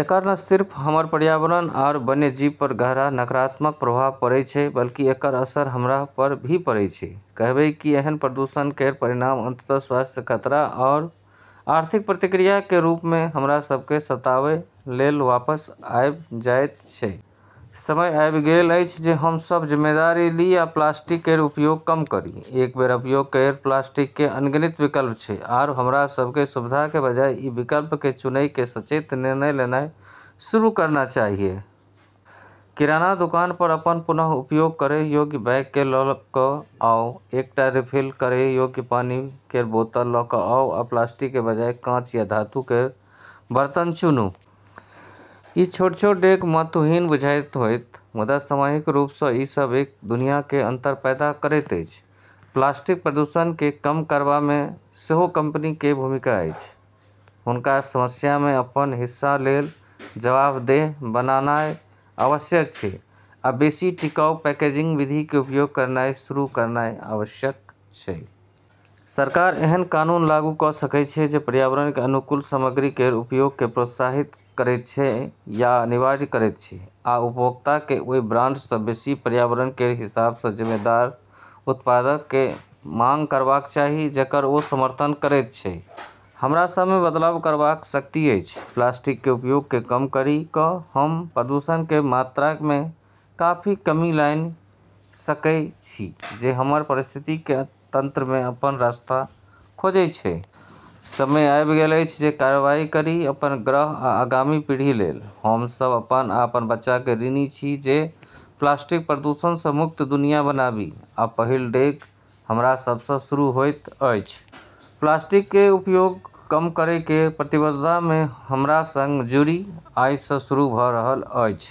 एकर न सिर्फ हमर पर्यावरण आरू वन्यजीव पर गहरा नकारात्मक प्रभाव पड़ै छै, बल्कि एकर असर हमरा पर भी पड़ै छै, कहिबे कि एहन प्रदूषण केर परिणाम अंततः स्वास्थ्य खतरा आरू आर्थिक प्रतिक्रिया के रूप मँ हमरा सब केँ सताबै लेल वापस आबी जाइत छै। समय आबि गेल अछि जे हम सब जिम्मेदारी ली आ प्लास्टिक केर उपयोग कम करी। एक बेर उपयोग केर प्लास्टिक के अनगिनत विकल्प छै, आरू हमरा सब केँ सुविधा के बजाय ई विकल्प के चुनै के सचेत निर्णय लेनाय शुरू करना चाहियऽ। किराना दुकान पर अपन पुनः उपयोग करय योग्य बैग केँ लऽ कऽ आऊ, एकटा रिफिल करय योग्य पानी केर बोतल लऽ कऽ जाऊ, आ प्लास्टिक के बजाय कांच या धातु केर बर्तन चुनूँ। ई छोट-छोट डेग महत्वहीन बुझाइत होयत, मुदा सामूहिक रूप सँ, ई सब एक दुनिया केर अंतर पैदा करैत अछि। प्लास्टिक प्रदूषण केँ कम करबा मे सेहो कंपनी केर भूमिका अछि। हुनका समस्या मे अपन हिस्सा लेल जवाबदेह बनानाय आवश्यक छै आ बेसि टिकाऊ पैकेजिंग विधि के उपयोग करनाय शुरू करनाय आवश्यक छै। सरकार एहन कानून लागू कऽ सकै छै जे पर्यावरण के अनुकूल सामग्री केर उपयोग के प्रोत्साहित करैत छै या अनिवार्य करैत छै, आ उपभोक्ता केँ ओय ब्रांड सँ बेसि पर्यावरण केर हिसाब सँ जिम्मेदार उत्पादक केर मांग करबाक चाही, जेकर ओ समर्थन करैत छै। हमरा सब मे बदलाव करबाक शक्ति अछि। प्लास्टिक केर उपयोग केँ कम करी कऽ हम्मं प्रदूषण केर मात्रा मे काफी कमी लानी सकै छियै जे हमर पारिस्थितिकी तंत्र मे अपन रास्ता खोजै छै। समय आबि गेल अछि जे कार्रवाई करी, अपन ग्रह आ आगामी पीढ़ी लेल। हम सब अपन आ अपन बच्चा के ऋणी छी जे प्लास्टिक प्रदूषण सँ मुक्त दुनिया बनाबी, आ पहिल डेग हमरा सब सँ शुरू होइत अछि। प्लास्टिक के उपयोग कम करय केर प्रतिबद्धता मे हमरा संग जुड़ी, आइ सँ शुरू भऽ रहल अछि।